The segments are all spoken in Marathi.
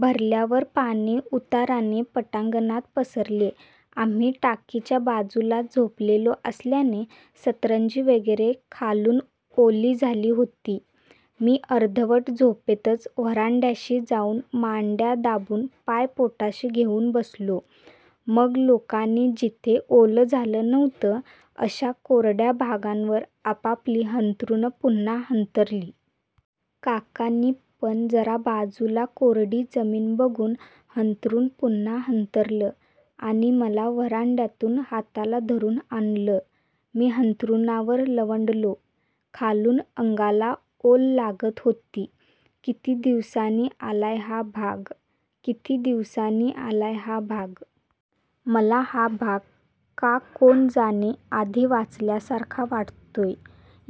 भरल्यावर पाणी उताराने पटांगणात पसरले. आम्ही टाकीच्या बाजूलाच झोपलेलो असल्याने सतरंजी वगैरे खालून ओली झाली होती. मी अर्धवट झोपेतच व्हरांड्याशी जाउन मांडया दाबून, पाय पोटाशी घेउन बसलो. मग लोकांनी जिथे ओलं झालं नव्हतं अश्या कोरड्या भागांवर आपापली अंथरुणं पुन्हा अंथरली. काकांनी पण जरा बाजूला कोरडी जमिन बघून अंथरुण पुन्हा अंथरलं आणि मला व्हरांड्यातून हाताला धरुन आणलं. मी अंथरुणावर लवंडलो. खालून अंगाला ओल लागत होती. किती दिवसांनी आलाय हा भाग. किती दिवसांनी आलाय हा भाग. मला हा भाग का कोण जाणे आधी वाचल्यासारखा वाटतोय.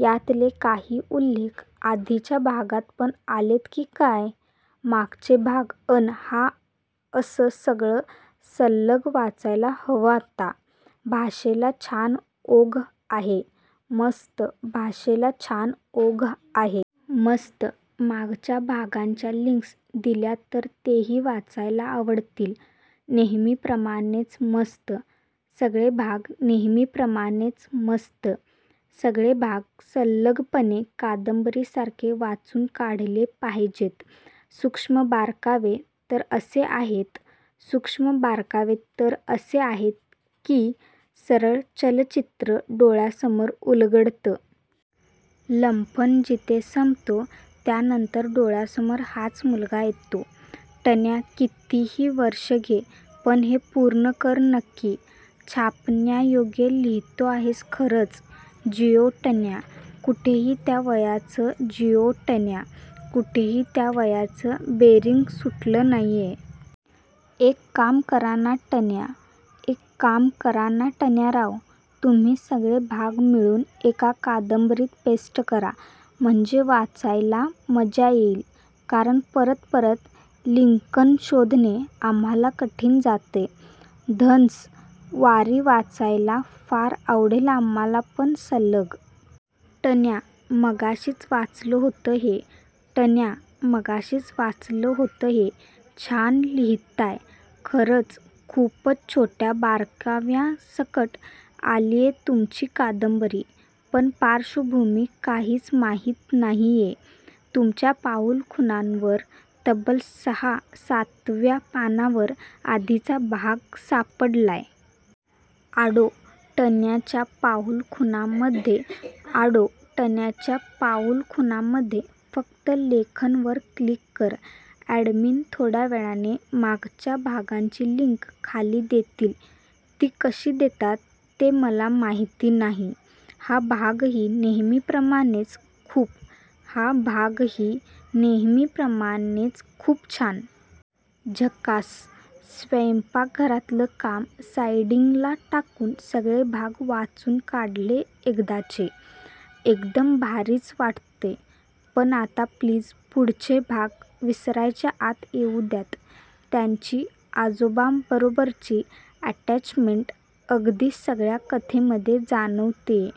यातले काही उल्लेख आधीच्या भागात पण आलेत की काय? मागचे भाग अन हा असं सगळं सलग वाचायला हवं आता. भाषेला छान ओघ आहे. मस्त भाषेला छान ओघ आहे. मस्त. मागच्या भागांच्या लिंक्स दिल्या तर तेही वाचायला आवडतील. नेहमीप्रमाणेच मस्त. सगळे भाग नेहमीप्रमाणेच मस्त. सगळे भाग सलगपणे कादंबरीसारखे वाचून काढले पाहिजेत. सुक्ष्म बारकावे तर असे आहेत सुक्ष्म बारकावे तर असे आहेत की सरळ चलचित्र डोळ्यासमोर उलगडतं. लंपन जिथे संपतो त्यानंतर डोळ्यासमोर हाच मुलगा येतो. टण्या कितीही वर्ष घे, पण हे पूर्ण कर नक्की. छापण्यायोग्य लिहीतो आहेस खरंच. जियो टण्या. कुठेही त्या वयाचं जियो टण्या. कुठेही त्या वयाचं बेअरिंग सुटलं नाहीये. एक काम करा ना टण्या एक काम करा ना टण्या राव. तुम्ही सगळे भाग मिळुन एका कादंबरीत पेस्ट करा. म्हणजे वाचायला मज्जा येइल. कारण परत परत लिक्न शोधणे आम्हाला कठीण जातय. धन्स. वारी वाचायला फार आवडेल आम्हाला पण सलग. टण्या, मगाशीच वाचलं होतं हे. टण्या, मगाशीच वाचलं होतं हे. छान लिहीताय. खरंच खूपच छोट्या बारकाव्यांसकट आलीये तुमची कादंबरी. पण पार्श्वभूमी काहीच माहित नाहीये. तुमच्या पाऊलखुणांवर तब्बल सहा सातव्या पानावर आधीचा भाग सापडलाय. आडो, टण्याच्या पाऊलखुणामध्ये आडो, टण्याच्या पाऊलखुणामध्ये फक्त लेखन वर क्लिक कर अॅडमिन थोड्यावेळाने मागच्या भागांची लिंक खाली देतील. ती कशी देतात ते मला माहिती नाही. हा भागही नेहमीप्रमाणेच खूप हा भागही नेहमीप्रमाणेच खूप छान. झक्कास. स्वैंपाकघरातलं काम साईडिंगला टाकून सगळे भाग वाचून काढले एकदाचे. एकदम भारीच वाटतंय. पण आता प्लीज पुढचे भाग विसरायच्या आत येऊ द्यात. त्याची आजोबांबरोबरची अटॅचमेंट अगदी सगळ्या कथेमध्ये जाणवतेय.